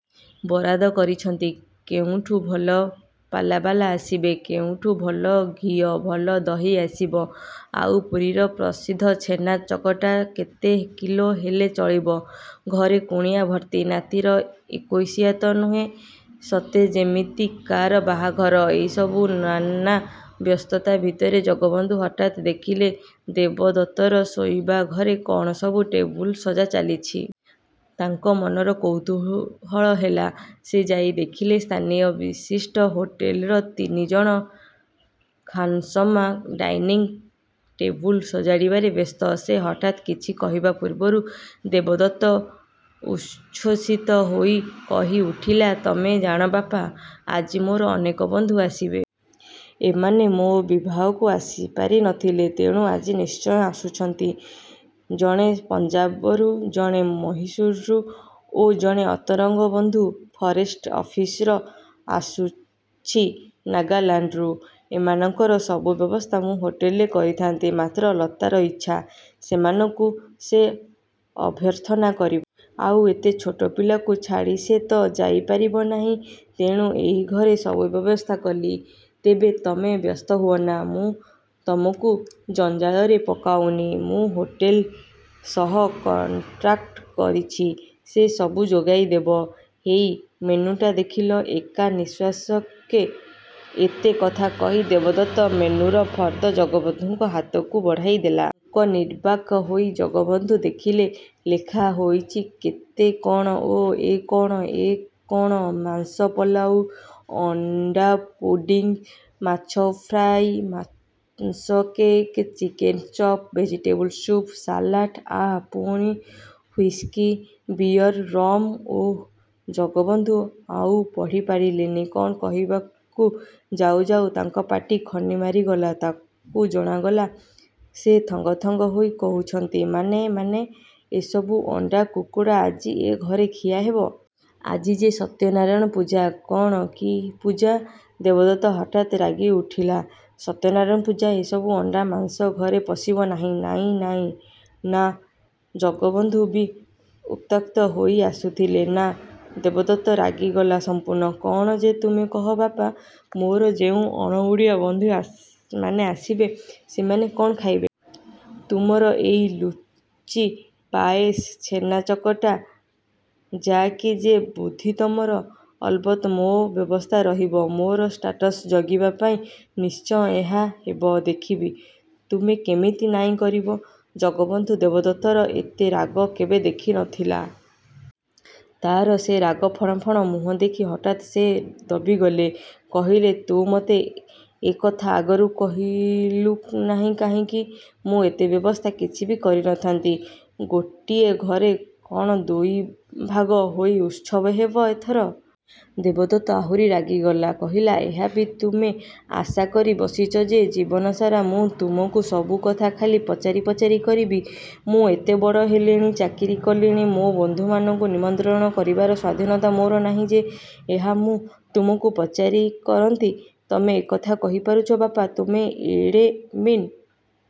ବରାଦ କରିଚନ୍ତି, କେଉଁଠୁ ଭଲ ପାଲାବାଲା ଆସିବେ, କେଉଁଠୁ ଭଲ ଘିଅ, ଭଲ ଦହି ଆସିବ! ଆଉ ପୁରୀର ପ୍ରସିଦ୍ଧ ଛେନା ଚକଟା, କେତେ କିଲୋ ହେଲେ ଚଳିବ? ଘରେ କୁଣିଆ ଭର୍ତ୍ତି। ନାତିର ଏକୋଇଶା ତ ନୁହେଁ ସତେ ଯେମିତି କା'ର ବାହାଘର। ଏଇସବୁ ନାନା ବ୍ୟସ୍ତତା ଭିତରେ ଜଗବନ୍ଧୁ ହଠାତ୍ ଦେଖିଲେ ଦେବଦତ୍ତର ଶୋଇବା ଘରେ କ'ଣ ସବୁ ଟେବୁଲ ସଜା ଚାଲିଚି। ତାଙ୍କ ମନର କୌତୂହଳ ହେଲା। ସେ ଯାଇ ଦେଖିଲେ ସ୍ଥାନୀୟ ବିଶିଷ୍ଟ ହୋଟେଲର ତିନି ଜଣ ଖାନସମା ଡାଇନିଂ ଟେବୁଲ ସଜାଡ଼ିବାରେ ବ୍ୟସ୍ତ। ସେ ହଠାତ୍ କିଛି କହିବା ପୂର୍ବରୁ ଦେବଦତ୍ତ ଉଚ୍ଛ୍ୱସିତ ହୋଇ କହି ଉଠିଲା, "ତମେ ଜାଣ ବାପା, ଆଜି ମୋର ଅନେକ ବନ୍ଧୁ ଆସିବେ। ଏମାନେ ମୋ' ବିବାହକୁ ଆସିପାରି ନ ଥିଲେ, ତେଣୁ ଆଜି ନିଶ୍ଚୟ ଆସୁଚନ୍ତି। ଜଣେ ପଞ୍ଜାବରୁ, ଜଣେ ମହୀଶୂରରୁ ଓ ଜଣେ ଅନ୍ତରଙ୍ଗ ବନ୍ଧୁ ଫରେଷ୍ଟ ଅଫିସର ଆସୁଚି ନାଗାଲାଣ୍ଡରୁ। ଏମାନଙ୍କର ସବୁ ବ୍ୟବସ୍ଥା ମୁଁ ହୋଟେଲରେ କରିଥାନ୍ତି। ମାତ୍ର ଲତାର ଇଚ୍ଛା, ସେମାନଙ୍କୁ ସେ ଅଭ୍ୟର୍ଥନା କରିବ। ଆଉ ଏତେ ଛୋଟ ପିଲାକୁ ଛାଡ଼ି ସେ ତ ଯାଇ ପାରିବ ନାହିଁ, ତେଣୁ ଏଇ ଘରେ ସବୁ ବ୍ୟବସ୍ଥା କଲି। ତେବେ ତମେ ବ୍ୟସ୍ତ ହୁଅନା, ମୁଁ ତମକୁ ଜଞ୍ଜାଳରେ ପକାଉନି। ମୁଁ ହୋଟେଲ ସହ କଣ୍ଟ୍ରାକ୍ଟ କରିଚି, ସେ ସବୁ ଯୋଗେଇଦବ। ହେଇ, ମେନୁଟା ଦେଖିଲ"ଏକା ନିଃଶ୍ୱାସକେ ଏତେ କଥା କହି ଦେବଦତ୍ତ ମେନୁର ଫର୍ଦ୍ଦ ଜଗବନ୍ଧୁଙ୍କ ହାତକୁ ବଢ଼ାଇଦେଲା। ମୂକ ନିର୍ବାକ୍ ହୋଇ ଜଗବନ୍ଧୁ ଦେଖିଲେ, ଲେଖା ହୋଇଚି କେତେ କ'ଣ ଓଃ ଏ କ'ଣ ଏ କ'ଣ ମାଂସ ପଲାଉ, ଅଣ୍ଡାପୁଡ଼ିଂ, ମାଛ ଫ୍ରାଇ, ମାଂସ cake, chicken chop, vegetable soup, salad, ଆଃ ପୁଣି ହୁଇସ୍କି, ବିଅର, ରମ! ଓଃ ଜଗବନ୍ଧୁ ଆଉ ପଢ଼ି ପାରିଲେନି କଣ କହିବାକୁ ଯାଉ ଯାଉ ତାଙ୍କ ପାଟି ଖନି ମାରିଗଲା ତାଙ୍କୁ ଜଣାଗଲା, ସେ ଥଙ୍ଗଥଙ୍ଗ ହୋଇ କହୁଚନ୍ତି, "ମାନେ ମାନେ ଏଇସବୁ ଅଣ୍ଡା, କୁକୁଡ଼ା ଆଜି ଏ ଘରେ ଖିଆ ହେବ? ଆଜି ଯେ, ସତ୍ୟନାରାୟଣ ପୂଜା" "କଅଣ? କି ପୂଜା?" ଦେବଦତ୍ତ ହଠାତ୍ ରାଗି ଉଠିଲା। "ସତ୍ୟନାରାୟଣ ପୂଜା! ଏସବୁ ଅଣ୍ଡା, ମାଂସ ଘରେ ପଶିବ ନାହିଁ। ନାଇଁ ନାଇଁ ନାଃ।" ଜଗବନ୍ଧୁ ବି ଉତ୍ତ୍ୟକ୍ତ ହୋଇ ଆସୁଥିଲେ। "ନାଃ?" ଦେବଦତ୍ତ ରାଗିଗଲା ସଂପୂର୍ଣ୍ଣ। "କ'ଣ ଯେ ତୁମେ କହ ବାପା ମୋର ଯେଉଁ ଅଣଓଡ଼ିଆ ବନ୍ଧୁ ମାନେ ଆସିବେ, ସେମାନେ କଅଣ ଖାଇବେ? ତୁମର ଏଇ ଲୁଚି, ପାଏସ୍, ଛେନାଚକଟା? ଯା କି ଯେ ବୁଦ୍ଧି ତୁମର! ଅଲବତ୍ ମୋ ବ୍ୟବସ୍ଥା ରହିବ। ମୋର ଷ୍ଟାଟସ ଜଗିବା ପାଇଁ, ନିଶ୍ଚୟ ଏହା ହେବ ଦେଖିବି, ତୁମେ କେମିତି ନାଇଁ କରିବ।" ଜଗବନ୍ଧୁ ଦେବଦତ୍ତର ଏତେ ରାଗ କେବେ ଦେଖି ନ ଥିଲେ। ତାର ସେ ରାଗ ଫଣ ଫଣ ମୁହଁ ଦେଖି ହଠାତ୍ ସେ ଦବିଗଲେ। କହିଲେ, "ତୁ ମତେ ଏ କଥା ଆଗରୁ କହିଲୁ ନାହିଁ କାହିଁକି? ମୁଁ ଏତେ ବ୍ୟବସ୍ଥା କିଛି ବି କରି ନ ଥାନ୍ତି। ଗୋଟିଏ ଘରେ କ'ଣ ଦୁଇ ଭାଗ ହୋଇ ଉତ୍ସବ ହେବ?"ଏଥର ଦେବଦତ୍ତ ଆହୁରି ରାଗିଗଲା କହିଲା, "ଏହା ବି ତୁମେ ଆଶା କରି ବସିଚ ଯେ ଜୀବନ ସାରା ମୁଁ ତୁମକୁ ସବୁକଥା ଖାଲି ପଚାରି ପଚାରି କରିବି? ମୁଁ ଏତେ ବଡ଼ ହେଲିଣି, ଚାକିରୀ କଲିଣି ମୋ ବନ୍ଧୁମାନଙ୍କୁ ନିମନ୍ତ୍ରଣ କରିବାର ସ୍ୱାଧୀନତା ମୋର ନାହିଁ ଯେ, ଏହା ମୁଁ ତୁମକୁ ପଚାରି କରନ୍ତି ତମେ ଏକଥା କହିପାରୁଚ ବାପା? ତୁମେ ଏଡ଼େ ମିନ୍।"